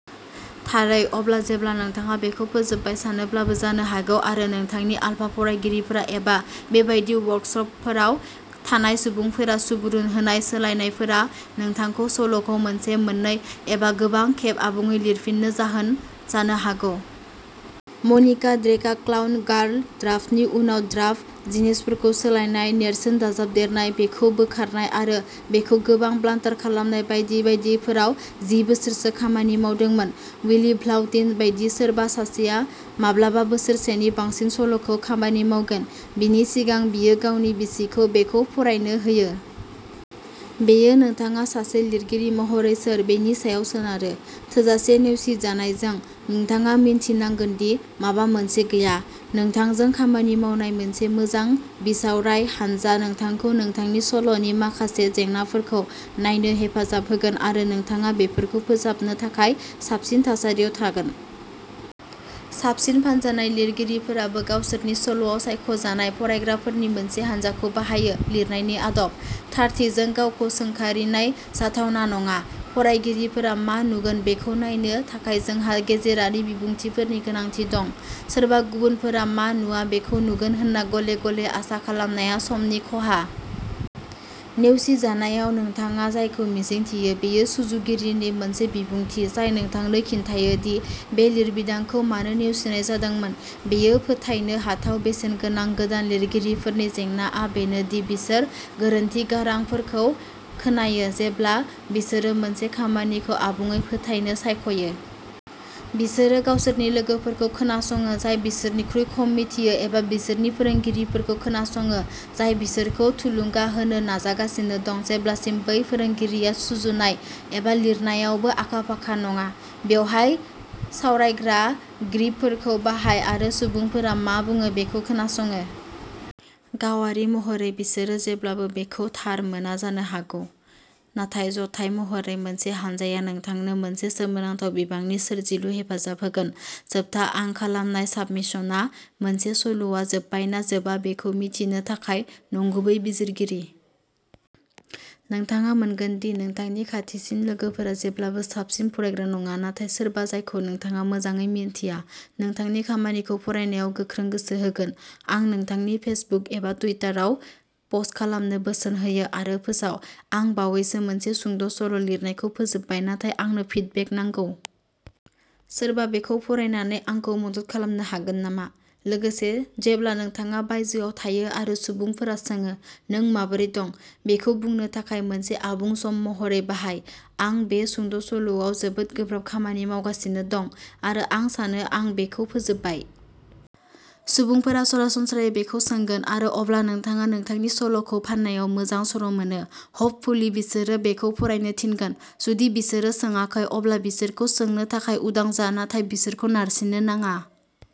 थारै। अब्ला, जेब्ला नोंथाङा बेखौ फोजोबबाय सानोब्लाबो जानो हागौ, आरो नोंथांनि आलफा फरायगिरिफोरा, एबा बे बायदि वर्कसपफोराव थानाय सुबुंफोरा सुबुरुन होनाय सोलायनायफोरा नोंथांखौ सल'खौ मोनसे, मोननै, एबा गोबां खेब आबुङै लिरफिन्नो जाहोन जानो हागौ। मनिका ड्रेकआ क्लाउन गार्ल, ड्राफ्टनि उनाव ड्राफ्ट, जिनिसफोरखौ सोलायनाय, नेरसोन दाजाबदेरनाय, बेखौ बोखारनाय आरो बेखौ गोबां ब्लान्टार खालामनाय बायदि बायदिफोराव जि बोसोरसो खामानि मावदोंमोन। विली भ्लाउटिन बायदि सोरबा सासेआ माब्लाबा बोसोरसेनि बांसिन सल'खौ खामानि मावगोन, बिनि सिगां बियो गावनि बिसिखौ बेखौ फरायनो होयो। बेयो नोंथाङा सासे लिरगिरि महरै सोर बेनि सायाव सोनारो। थोजासे नेवसिजानायजों, नोंथाङा मिन्थिनांगोन दि माबा मोनसे गैया। नोंथांजों खामानि मावनाय मोनसे मोजां बिसावराय हानजा नोंथांखौ नोंथांनि सल'नि माखासे जेंनाफोरखौ नायनो हेफाजाब होगोन आरो नोंथाङा बेफोरखौ फोसाबनो थाखाय साबसिन थासारियाव थागोन। साबसिन फानजानाय लिरगिरिफोराबो गावसोरनि सल'आव सायख'जानाय फरायग्राफोरनि मोनसे हानजाखौ बाहायो। लिरनायनि आदब। थारथिजों गावखौ सोंखारिनाय जाथावना नङा। फरायगिरिफोरा मा नुगोन बेखौ नायनो थाखाय जोंहा गेजेरारि बिबुंथिफोरनि गोनांथि दं। सोरबा गुबुनफोरा मा नुवा बेखौ नुगोन होनना गले-गले आसा खालामनाया समनि खहा। नेवसिजानायाव नोंथाङा जायखौ मिजिंथियो बेयो सुजुगिरिनि मोनसे बिबुंथि जाय नोंथांनो खिन्थायो दि बे लिरबिदांखौ मानो नेवसिनाय जादोंमोन। बेयो फोथायनो हाथाव बेसेनगोनां। गोदान लिरगिरिफोरनि जेंनाआ बेनो दि बिसोर गोरोन्थि गारांफोरखौ खोनायो जेब्ला बिसोरो मोनसे खामानिखौ आबुङै फोथायनो सायख'यो। बिसोरो गावसोरनि लोगोफोरखौ खोनासङो जाय बिसोरनिख्रुइ खम मिथियो एबा बिसोरनि फोरोंगिरिफोरखौ खोनासङो जाय बिसोरखौ थुलुंगा होनो नाजागासिनो दं जेब्लासिम बै फोरोंगिरिया सुजुनाय एबा लिरनायावबो आखा-फाखा नङा। बेवहाय सावरायग्रा ग्रिपफोरखौ बाहाय आरो सुबुंफोरा मा बुङो बेखौ खोनासङो। गावारि महरै, बिसोरो जेब्लाबो बेखौ थार मोना जानो हागौ, नाथाय जथाय महरै, मोनसे हानजाया नोंथांनो मोनसे सोमोनांथाव बिबांनि सोरजिलु हेफाजाब होगोन। जोबथा आं खालामनाय साबमिशनआ मोनसे सल'आ जोबबाय ना जोबा बेखौ मिथिनो थाखाय नंगुबै बिजिरगिरि। नोंथाङा मोनगोन दि नोंथांनि खाथिसिन लोगोफोरा जेब्लाबो साबसिन फरायग्रा नङा, नाथाय सोरबा जायखौ नोंथाङा मोजाङै मिन्थिया, नोंथांनि खामानिखौ फरायनायाव गोख्रों गोसो होगोन। आं नोंथांनि फेसबुक एबा टुइटाराव पस्ट खालामनो बोसोन होयो आरो फोसाव आं बावैसो मोनसे सुंद' सल' लिरनायखौ फोजोबबाय नाथाय आंनो फिडबेक नांगौ। सोरबा बेखौ फरायनानै आंखौ मदद खालामनो हागोन नामा? लोगोसे, जेब्ला नोंथाङा बायजोआव थायो आरो सुबुंफोरा सोङो, नों माबोरै दं? बेखौ बुंनो थाखाय मोनसे आबुं सम महरै बाहाय, आं बे सुंद'सल'आव जोबोद गोब्राब खामानि मावगासिनो दं आरो आं सानो आं बेखौ फोजोबबाय। सुबुंफोरा सरासनस्रायै बेखौ सोंगोन आरो अब्ला नोंथाङा नोंथांनि सल'खौ फान्नायाव मोजां सर'मोनो। हपफुल्लि, बिसोरो बेखौ फरायनो थिनगोन। जुदि बिसोरो सोंआखै, अब्ला बिसोरखौ सोंनो थाखाय उदां जा नाथाय बिसोरखौ नारसिननो नाङा।